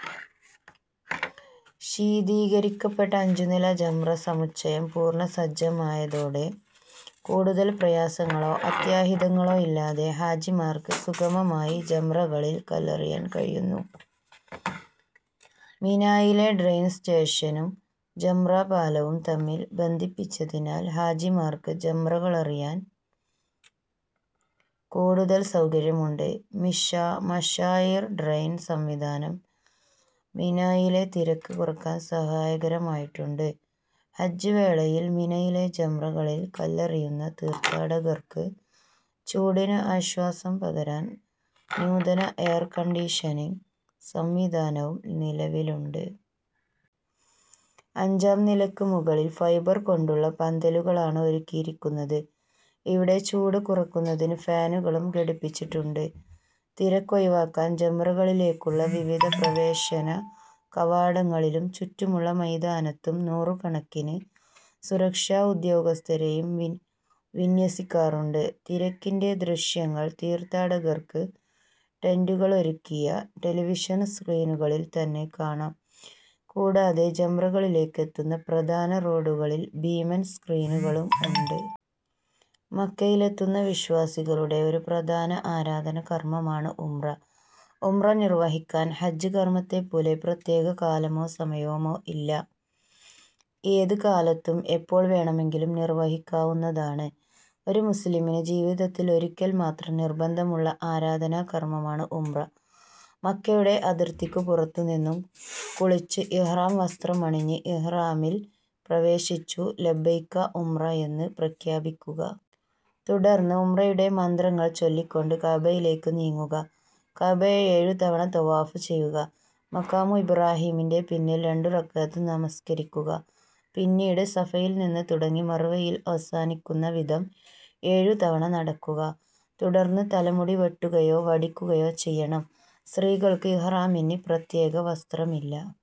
ശീതീകരിക്കപ്പെട്ട അഞ്ചുനില ജംറ സമുച്ചയം പൂർണസജ്ജമായതോടെ കൂടുതൽ പ്രയാസങ്ങളോ അത്യാഹിതങ്ങളോ ഇല്ലാതെ ഹാജിമാർക്ക് സുഗമമായി ജംറകളിൽ എറിയാൻ കഴിയുന്നു. മിനായിലെ ട്രെയിൻ സ്റ്റേഷനും ജംറ പാലവും തമ്മിൽ ബന്ധിപ്പിച്ചതിനാൽ ഹാജിമാർക്ക് ജംറകളെറിയാൻ കൂടുതൽ സൗകര്യമുണ്ട്. മശാഇർ ട്രെയിൻ സംവിധാനം മിനായിലെ തിരക്ക് കുറക്കാൻ സഹായകരമായിട്ടുണ്ട്. ഹജ്ജ് വേളയിൽ മിനയിലെ ജംറകളിൽ കല്ലെറിയുന്ന തീർഥാടകർക്ക് ചൂടിന് ആശ്വാസം പകരാൻ നൂതന എയർകണ്ടീഷനിങ് സംവിധാനവും നിലവിലുണ്ട്. അഞ്ചാം നിലക്ക് മുകളിൽ ഫൈബർ കൊണ്ടുള്ള പന്തലുകളാണ് ഒരുക്കിയിരിക്കുന്നത്. ഇവിടെ ചൂട് കുറക്കുന്നതിന് ഫാനുകളും ഘടിപ്പിച്ചിട്ടുണ്ട്. തിരക്കൊഴിവാക്കാൻ ജംറകളിലേക്കുള്ള വിവിധ പ്രവേശന കവാടങ്ങളിലും ചുറ്റുമുള്ള മൈതാനത്തും നൂറുക്കണക്കിന് സുരക്ഷ ഉദ്യോഗസ്ഥരെയും വിന്ന്യസിക്കാറുണ്ട്. തിരക്കിന്റെ ദൃശ്യങ്ങൾ തീർഥാടകർക്ക് ടന്റുകളിലൊരുക്കിയ ടെലിവിഷൻ സ്ക്രീനുകളിൽ തന്നെ കാണാം. കൂടാതെ ജംറകളിലേക്ക് എത്തുന്ന പ്രധാന റോഡുകളിൽ ഭീമൻ സ്ക്രീനുകളും ഉണ്ട്. മക്കയിലെത്തുന്ന വിശ്വാസികളുടെ ഒരു പ്രധാന ആരാധനാ കർമമാണ് ഉംറ. ഉംറ നിർവഹിക്കാൻ ഹജ്ജ് കർമ്മത്തെപ്പോലെ പ്രത്യേക കാലമോ സമയമോ ഇല്ല. ഏത് കാലത്തും എപ്പോൾ വേണമെങ്കിലും നിർവ്വഹിക്കാവുന്നതാണ്. ഒരു മുസ്ലിമിന് ജീവിതത്തിൽ ഒരിക്കൽ മാത്രം നിർബന്ധമുള്ള ആരാധനാ കർമമാണ് ഉംറ. മക്കയുടെ അതിർത്തിക്കു പുറത്തു നിന്നും കുളിച്ച് ഇഹ്റാം വസ്ത്രമണിഞ്ഞ് ഇഹ്റാമിൽ പ്രവേശിച്ചു ലബൈക ഉംറ എന്ന് പ്രഖ്യാപിക്കുക. തുടർന്ന് ഉംറയുടെ മന്ത്രങ്ങൾ ചൊല്ലിക്കൊണ്ട് കഅബയിലേക്ക് നീങ്ങുക. കഅബയെ ഏഴു തവണ ത്വവാഫ് ചെയ്യുക. മഖാമു ഇബ്റാഹീമിന്റെ പിന്നിൽ രണ്ടു റക്അത്ത് നമസ്കരിക്കുക. പിന്നീട് സഫയിൽ നിന്ന് തുടങ്ങി മർവയിൽ അവസാനിക്കുന്ന വിധം ഏഴുതവണ നടക്കുക. തുടർന്ന് തലമുടി വെട്ടുകയോ വടിക്കുകയോ ചെയ്യണം. സ്ത്രീകൾക്ക് ഇഹ്റാമിന്ന് പ്രത്യേക വസ്ത്രമില്ല.